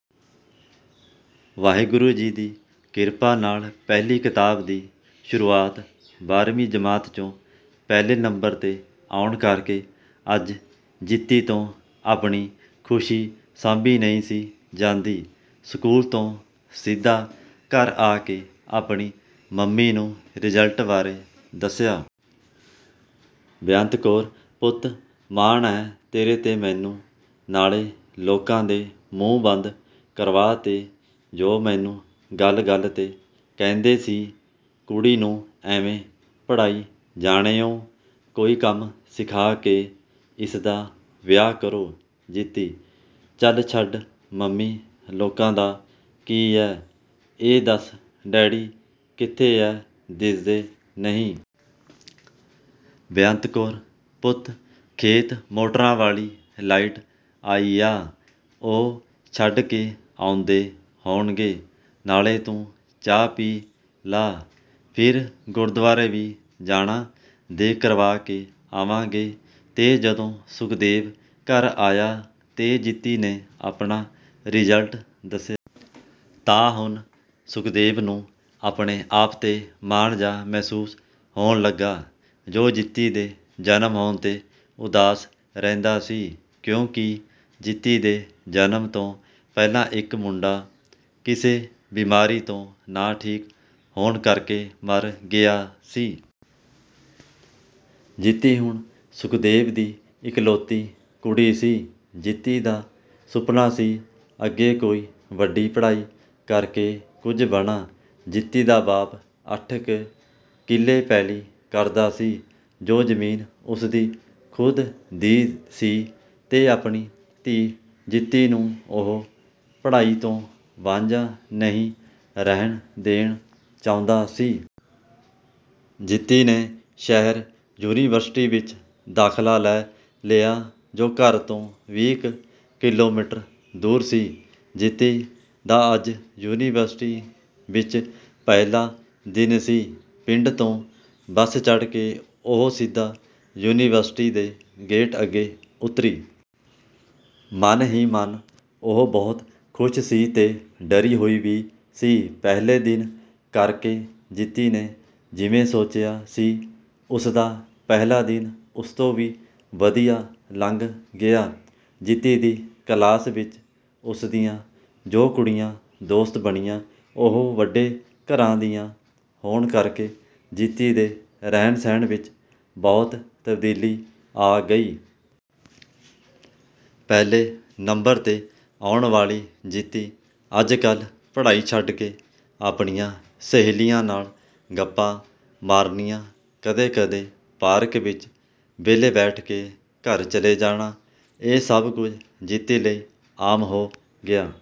ਵਾਹਿਗੁਰੂ ਜੀ ਦੀ ਕਿਰਪਾ ਨਾਲ ਪਹਿਲੀ ਕਿਤਾਬ ਦੀ ਸੁਰੂਆਤ ਬਾਰਵੀਂ ਜਮਾਤ ਚੋਂ ਪਹਿਲੇ ਨੰਬਰ ਤੇ ਆਉਣ ਕਰਕੇ ਅੱਜ ਜੀਤੀ ਤੋਂ ਆਪਣੀ ਖੁਸ਼ੀ ਸਾਂਭੀ ਨਹੀਂ ਸੀ ਜਾਂਦੀ। ਸਕੂਲ ਤੋਂ ਸਿੱਧਾ ਘਰ ਆਕੇ ਆਪਣੀ ਮੰਮੀ ਨੂੰ ਰਿਜਲਟ ਬਾਰੇ ਦੱਸਿਆ। ਬੇਅੰਤ ਕੌਰ – ਪੁੱਤ, ਮਾਣ ਆ ਤੇਰੇ ਤੇ ਮੈਨੂੰ, ਨਾਲੇ ਲੋਕਾਂ ਦੇ ਮੂੰਹ ਬੰਦ ਕਰਵਾ ਤੇ ਜੋ ਮੈਨੂੰ ਗੱਲ ਗੱਲ ਤੇ ਕਹਿੰਦੇ ਸੀ ਕੁੜੀ ਨੂੰ ਐਵੇ ਪੜ੍ਹਾਈ ਜਾਣੇ ਓ, ਕੋਈ ਕੰਮ ਸਿਖਾ ਕੇ, ਇਸਦਾ ਵਿਆਹ ਕਰੋ… ਜੀਤੀ – ਚਲ ਛੱਡ ਮੰਮੀ ਲੋਕਾਂ ਦਾ ਕੀ ਆ… ਏ ਦੱਸ ਡੈਡੀ ਕਿੱਥੇ ਆ ਦਿਸਦੇ ਨਹੀਂ…. ਬੇਅੰਤ ਕੌਰ – ਪੁੱਤ, ਖੇਤ ਮੋਟਰਾਂ ਵਾਲ਼ੀ ਲਾਈਟ ਆਈ ਆ। ਉਹ ਛੱਡ ਕੇ ਆਉਂਦੇ ਹੋਣਗੇ, ਨਾਲੇ ਤੂੰ ਚਾਹ ਪੀ ਲਾ.. ਫਿਰ ਗੁਰਦੁਆਰੇ ਵੀ ਜਾਣਾ ਦੇਗ ਕਰਵਾਕੇ ਆਵਾਂਗੇ ਤੇ ਜਦੋ ਸੁਖਦੇਵ ਘਰ ਆਇਆ ਤੇ ਜੀਤੀ ਨੇ ਆਪਣਾ ਰਿਜ਼ਲਟ ਦੱਸਿਆ। ਤਾ ਹੁਣ ਸੁਖਦੇਵ ਨੂੰ ਆਪਣੇ ਆਪ ਤੇ ਮਾਣ ਜਾ ਮਹਿਸੂਸ ਹੋਣ ਲੱਗਾ, ਜੋ ਜੀਤੀ ਦੇ ਜਨਮ ਹੋਣ ਤੇ ਉਦਾਸ ਰਹਿੰਦਾ ਸੀ…. ਕਿਉਕਿ ਜੀਤੀ ਦੇ ਜਨਮ ਤੋਂ ਪਹਿਲਾਂ ਇੱਕ ਮੁੰਡਾ ਕਿਸੇ ਬਿਮਾਰੀ ਤੋ ਨਾ ਠੀਕ ਹੋਣ ਕਰਕੇ ਮਰ ਗਿਆ ਸੀ। ਜੀਤੀ ਹੁਣ ਸੁਖਦੇਵ ਦੀ ਇਕਲੌਤੀ ਕੁੜੀ ਸੀ ਜੀਤੀ ਦਾ ਸੁਪਨਾ ਸੀ ਅੱਗੇ ਕੋਈ ਵੱਡੀ ਪੜਾਈ ਕਰਕੇ ਕੁਝ ਬਣਾ.. ਜੀਤੀ ਦਾ ਬਾਪ ਅੱਠ ਕ਼ ਕਿੱਲੇ ਪੈਲ਼ੀ ਕਰਦਾ ਸੀ, ਜੋ ਜਮੀਨ ਉਸਦੀ ਖੁਦ ਦੀ ਸੀ ਤੇ ਆਪਣੀ ਧੀ ਜੀਤੀ ਨੂੰ ਉਹ ਪੜਾਈ ਤੋਂ ਬਾਂਝਾ ਨਹੀਂ ਰਹਿਣ ਦੇਣ ਚਾਹੁੰਦਾ ਸੀ…. ਜੀਤੀ ਨੇ ਸ਼ਹਿਰ ਯੂਨੀਵਰਸਿਟੀ ਵਿੱਚ ਦਾਖਲਾ ਲੈ ਲਿਆ, ਜੋ ਘਰ ਤੋਂ ਵੀਹ ਕ਼ ਕਿੱਲੋਮੀਟਰ ਦੂਰ ਸੀ। ਜੀਤੀ ਦਾ ਅੱਜ ਯੂਨੀਵਰਸਿਟੀ ਵਿੱਚ ਪਹਿਲਾਂ ਦਿਨ ਸੀ ਪਿੰਡ ਤੋਂ ਬੱਸ ਚੜਕੇ ਉਹ ਸਿੱਧਾ ਯੂਨੀਵਰਸਿਟੀ ਦੇ ਗੇਟ ਅੱਗੇ ਉੱਤਰੀ। ਮਨ ਹੀ ਮਨ ਉਹ ਬਹੁਤ ਖੁਸ਼ ਸੀ ਤੇ ਡਰੀ ਹੋਈ ਵੀ ਸੀ, ਪਹਿਲੇ ਦਿਨ ਕਰਕੇ….. ਜੀਤੀ ਨੇ ਜਿਵੇ ਸੋਚਿਆ ਸੀ, ਉਸਦਾ ਪਹਿਲਾ ਦਿਨ ਉਸਤੋਂ ਵੀ ਵਧੀਆ ਲੰਘ ਗਿਆ…. ਜੀਤੀ ਦੀ ਕਲਾਸ ਵਿੱਚ ਉਸਦੀਆ ਜੋ ਕੁੜੀਆਂ ਦੋਸਤ ਬਣੀਆਂ, ਉਹ ਵੱਡੇ ਘਰਾਂ ਦੀਆਂ ਹੋਣ ਕਰਕੇ ਜੀਤੀ ਦੇ ਰਹਿਣ ਸਹਿਣ ਵਿੱਚ ਬਹੁਤ ਤਬਦੀਲੀ ਆ ਗਈ। ਪਹਿਲੇ ਨੰਬਰ ਤੇ ਆਉਣ ਵਾਲੀ ਜੀਤੀ ਅੱਜ ਕੱਲ ਪੜ੍ਹਾਈ ਛੱਡਕੇ ਆਪਣੀਆ ਸਹੇਲੀਆਂ ਨਾਲ ਗੱਪਾ ਮਾਰਨੀਆਂ, ਕਦੇ ਕਦੇ ਪਾਰਕ ਵਿੱਚ ਵੇਹਲੇ ਬੈਠ ਕੇ ਘਰ ਚਲੇ ਜਾਣਾ, ਇਹ ਸਭ ਕੁਝ ਜੀਤੀ ਲਈ ਆਮ ਹੋ ਗਿਆ